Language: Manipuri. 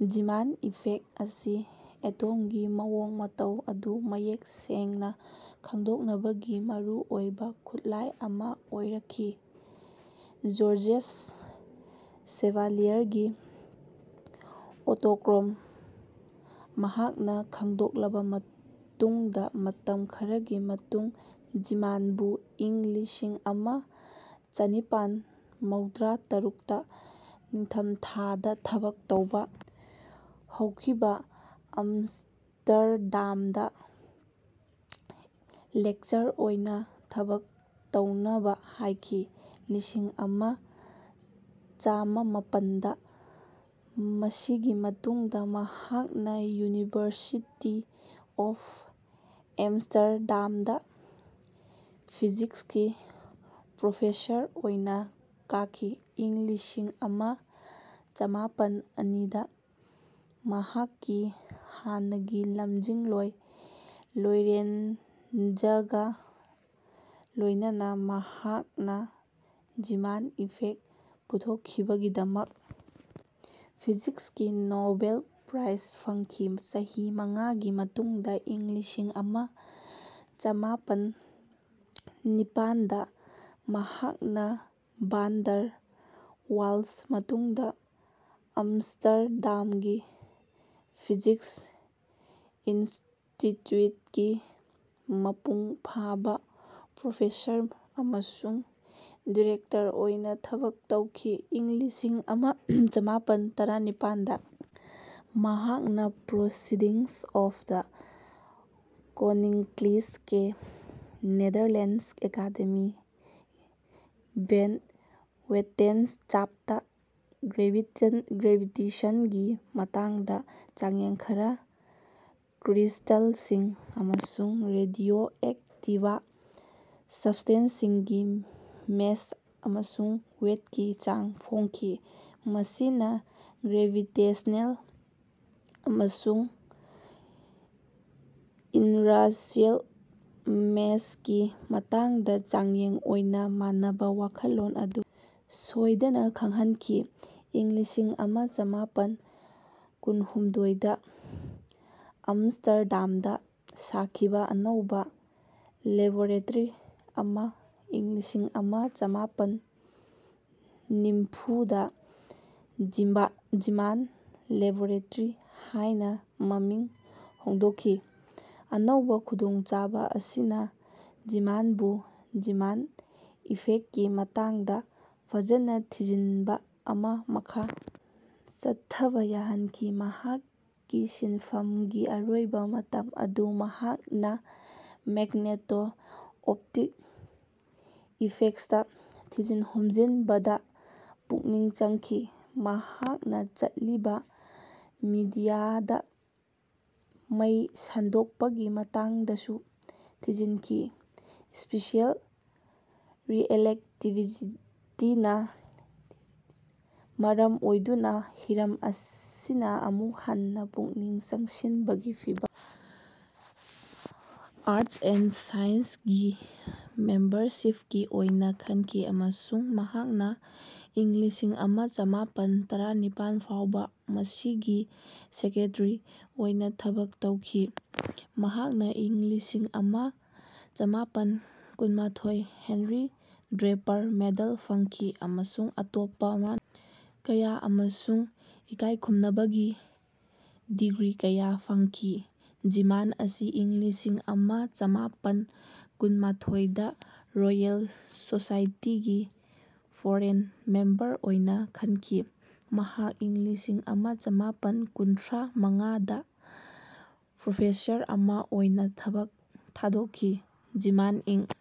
ꯖꯤꯃꯥꯟ ꯏꯐꯦꯛ ꯑꯁꯤ ꯑꯦꯇꯣꯝꯒꯤ ꯃꯑꯣꯡ ꯃꯇꯧ ꯑꯗꯨ ꯃꯌꯦꯛ ꯁꯦꯡꯅ ꯈꯪꯗꯣꯛꯅꯕꯒꯤ ꯃꯔꯨꯑꯣꯏꯕ ꯈꯨꯠꯂꯥꯏ ꯑꯃ ꯑꯣꯏꯔꯛꯈꯤ꯫ ꯖꯣꯔꯖꯦꯁ ꯁꯦꯚꯂꯤꯌꯔꯒꯤ ꯑꯣꯇꯣꯀ꯭ꯔꯣꯝ ꯃꯍꯥꯛꯅ ꯈꯪꯗꯣꯛꯂꯕ ꯃꯇꯨꯡꯗ ꯃꯇꯝ ꯈꯔꯒꯤ ꯃꯇꯨꯡꯗ ꯖꯤꯃꯥꯟꯕꯨ ꯏꯪ ꯂꯤꯁꯤꯡ ꯑꯃ ꯆꯅꯤꯄꯥꯟ ꯃꯧꯗ꯭ꯔꯥ ꯇꯔꯨꯛꯇ ꯅꯤꯡꯊꯝꯊꯥꯗ ꯊꯕꯛ ꯇꯧꯕ ꯍꯧꯈꯤꯕ ꯑꯝꯁꯇꯔꯗꯥꯝꯗ ꯂꯦꯛꯆꯔ ꯑꯣꯏꯅ ꯊꯕꯛ ꯇꯧꯅꯕ ꯍꯥꯏꯈꯤ꯫ꯂꯤꯁꯤꯡ ꯑꯃ ꯆꯃꯥꯄꯟꯗ ꯃꯁꯤꯒꯤ ꯃꯇꯨꯡꯗ ꯃꯍꯥꯛꯅ ꯌꯨꯅꯤꯚꯔꯁꯤꯇꯤ ꯑꯣꯐ ꯑꯦꯝꯁꯇꯔꯗꯥꯝꯗ ꯐꯤꯖꯤꯛꯁꯀꯤ ꯄ꯭ꯔꯣꯐꯦꯁꯔ ꯑꯣꯏꯅ ꯀꯥꯈꯤ꯫ ꯏꯪ ꯂꯤꯁꯤꯡ ꯑꯃ ꯆꯃꯥꯄꯟ ꯑꯅꯤꯗ ꯃꯍꯥꯛꯀꯤ ꯍꯥꯟꯅꯒꯤ ꯂꯝꯖꯤꯡꯂꯣꯏ ꯂꯣꯔꯦꯟꯠꯖꯒ ꯂꯣꯏꯅꯅꯥ ꯃꯍꯥꯛꯅ ꯖꯤꯃꯥꯟ ꯏꯐꯦꯛ ꯄꯨꯊꯣꯛꯈꯤꯕꯒꯤꯗꯃꯛ ꯐꯤꯖꯤꯛꯁꯀꯤ ꯅꯣꯕꯦꯜ ꯄ꯭ꯔꯥꯏꯖ ꯐꯪꯈꯤ꯫ ꯆꯍꯤ ꯃꯉꯥꯒꯤ ꯃꯇꯨꯡꯗ ꯏꯪ ꯂꯤꯁꯤꯡ ꯑꯃ ꯆꯃꯥꯄꯟ ꯅꯤꯄꯥꯟꯗ ꯃꯍꯥꯛꯅ ꯚꯥꯟ ꯗꯔ ꯋꯥꯜꯁ ꯃꯇꯨꯡꯗ ꯑꯝꯁꯇꯔꯗꯥꯝꯒꯤ ꯐꯤꯖꯤꯛꯁ ꯏꯟꯁꯇꯤꯇ꯭ꯌꯨꯠꯀꯤ ꯃꯄꯨꯡ ꯐꯥꯕ ꯄ꯭ꯔꯣꯐꯦꯁꯔ ꯑꯃꯁꯨꯡ ꯗꯤꯔꯦꯛꯇꯔ ꯑꯣꯏꯅ ꯊꯕꯛ ꯇꯧꯈꯤ꯫ ꯏꯪ ꯂꯤꯁꯤꯡ ꯑꯃ ꯆꯃꯥꯄꯟ ꯇꯔꯥꯅꯤꯄꯥꯟꯗ ꯃꯍꯥꯛꯅ proceedings of the Koninklijke Netherlands Academy van Wetenschappen ꯒ꯭ꯔꯦꯚꯤꯇꯦꯁꯟꯒꯤ ꯃꯇꯥꯡꯗ ꯆꯥꯡꯌꯦꯡ ꯈꯔ ꯀ꯭ꯔꯤꯁ꯭ꯇꯜꯁꯤꯡ ꯑꯃꯁꯨꯡ ꯔꯦꯗꯤꯌꯣꯑꯦꯛꯇꯤꯕ ꯁꯕꯁ꯭ꯇꯦꯟꯁꯤꯡꯒꯤ ꯃꯦꯁ ꯑꯃꯁꯨꯡ ꯋꯦꯠꯀꯤ ꯆꯥꯡ ꯐꯣꯡꯈꯤ ꯃꯁꯤꯅ ꯒ꯭ꯔꯦꯕꯤꯇꯦꯁ꯭ꯅꯦꯜ ꯑꯃꯁꯨꯡ ꯏꯟꯔꯁꯤꯌꯦꯜ ꯃꯦꯁꯀꯤ ꯃꯇꯥꯡꯗ ꯆꯥꯡꯌꯦꯡ ꯑꯣꯏꯅ ꯃꯥꯟꯅꯕ ꯋꯥꯈꯜꯂꯣꯟ ꯑꯗꯨ ꯁꯣꯏꯗꯅ ꯈꯪꯍꯟꯈꯤ꯫ ꯏꯪ ꯂꯤꯁꯤꯡ ꯑꯃ ꯆꯃꯥꯄꯟ ꯀꯨꯟꯍꯨꯝꯗꯣꯏꯗ ꯑꯝꯁꯇꯔꯗꯥꯝꯗ ꯁꯥꯈꯤꯕ ꯑꯅꯧꯕ ꯂꯦꯕꯣꯔꯦꯇꯔꯤ ꯑꯃꯥ ꯏꯪ ꯂꯤꯁꯤꯡ ꯑꯃ ꯆꯃꯥꯄꯟ ꯅꯤꯝꯐꯨꯗ ꯖꯤꯃꯥꯟ ꯂꯦꯕꯣꯔꯦꯇꯔꯤ ꯍꯥꯏꯅ ꯃꯃꯤꯡ ꯍꯣꯡꯗꯣꯛꯈꯤ꯫ ꯑꯅꯧꯕ ꯈꯨꯗꯣꯡꯆꯥꯕ ꯑꯁꯤꯅ ꯖꯤꯃꯥꯟꯕꯨ ꯖꯤꯃꯥꯟ ꯏꯐꯦꯛꯀꯤ ꯃꯇꯥꯡꯗ ꯐꯖꯅ ꯊꯤꯖꯤꯟꯕ ꯑꯃꯥ ꯃꯈꯥ ꯆꯠꯊꯕ ꯌꯥꯍꯟꯈꯤ꯫ ꯃꯍꯥꯛꯀꯤ ꯁꯤꯟꯐꯝꯒꯤ ꯑꯔꯣꯏꯕ ꯃꯇꯝ ꯑꯗꯨ ꯃꯍꯥꯛꯅ ꯃꯦꯒꯅꯦꯇꯣ ꯑꯣꯞꯇꯤꯛ ꯏꯐꯦꯛ꯭ꯁꯇ ꯊꯤꯖꯤꯟ ꯍꯨꯝꯖꯤꯟꯕꯗ ꯄꯨꯛꯅꯤꯡ ꯆꯪꯈꯤ꯫ ꯃꯍꯥꯛꯅ ꯆꯠꯂꯤꯕ ꯃꯤꯗꯤꯌꯥꯗ ꯃꯩ ꯁꯟꯗꯣꯛꯄꯒꯤ ꯃꯇꯥꯡꯗꯁꯨ ꯊꯤꯖꯤꯟꯈꯤ꯫ ꯁ꯭ꯄꯦꯁꯤꯌꯦꯜ ꯔꯤꯂꯦꯇꯤꯚꯤꯇꯤꯅ ꯃꯔꯝ ꯑꯣꯏꯗꯨꯅ ꯍꯤꯔꯝ ꯑꯁꯤꯅ ꯑꯃꯨꯛ ꯍꯟꯅ ꯄꯨꯛꯅꯤꯡ ꯆꯪꯁꯤꯟꯕꯒꯤ ꯃꯐꯝ ꯑꯥꯔ꯭ꯠꯁ ꯑꯦꯟ ꯁꯥꯏꯟꯁꯦꯁ ꯒꯤ ꯃꯦꯝꯕꯔꯁꯤꯞꯀꯤ ꯑꯣꯏꯅ ꯈꯟꯈꯤ ꯑꯃꯁꯨꯡ ꯃꯍꯥꯛꯅ ꯏꯪ ꯂꯤꯁꯤꯡ ꯑꯃ ꯆꯃꯥꯄꯟ ꯇꯔꯥꯅꯤꯄꯥꯟ ꯐꯥꯎꯕ ꯃꯁꯤꯒꯤ ꯁꯦꯀ꯭ꯔꯦꯇꯔꯤ ꯑꯣꯏꯅ ꯊꯕꯛ ꯇꯧꯈꯤ꯫ ꯃꯍꯥꯛꯅ ꯏꯪ ꯂꯤꯁꯤꯡ ꯑꯃ ꯆꯃꯥꯄꯟ ꯀꯨꯟꯃꯥꯊꯣꯏꯗ ꯍꯦꯟꯔꯤ ꯗ꯭ꯔꯦꯄꯔ ꯃꯦꯗꯜ ꯐꯪꯈꯤ ꯑꯃꯁꯨꯡ ꯑꯇꯣꯞꯄ ꯃꯅꯥ ꯀꯌꯥ ꯑꯃꯁꯨꯡ ꯏꯀꯥꯏꯈꯨꯝꯅꯕꯒꯤ ꯗꯤꯒ꯭ꯔꯤ ꯀꯌꯥ ꯐꯪꯈꯤ꯫ ꯖꯤꯃꯥꯟ ꯑꯁꯤ ꯏꯪ ꯂꯤꯁꯤꯡ ꯑꯃ ꯆꯃꯥꯄꯟ ꯀꯨꯟꯃꯥꯊꯣꯏꯗ ꯔꯣꯌꯦꯜ ꯁꯣꯁꯥꯏꯇꯤꯒꯤ ꯐꯣꯔꯦꯟ ꯃꯦꯝꯕꯔ ꯑꯣꯏꯅ ꯈꯟꯈꯤ꯫ ꯃꯍꯥꯛ ꯏꯪ ꯂꯤꯁꯤꯡ ꯑꯃ ꯆꯃꯥꯄꯟ ꯀꯨꯟꯊ꯭ꯔꯥ ꯃꯉꯥꯗ ꯄ꯭ꯔꯣꯐꯦꯁꯔ ꯑꯃ ꯑꯣꯏꯅ ꯊꯕꯛ ꯊꯥꯗꯣꯛꯈꯤ꯫ ꯖꯤꯃꯥꯟ ꯏꯪ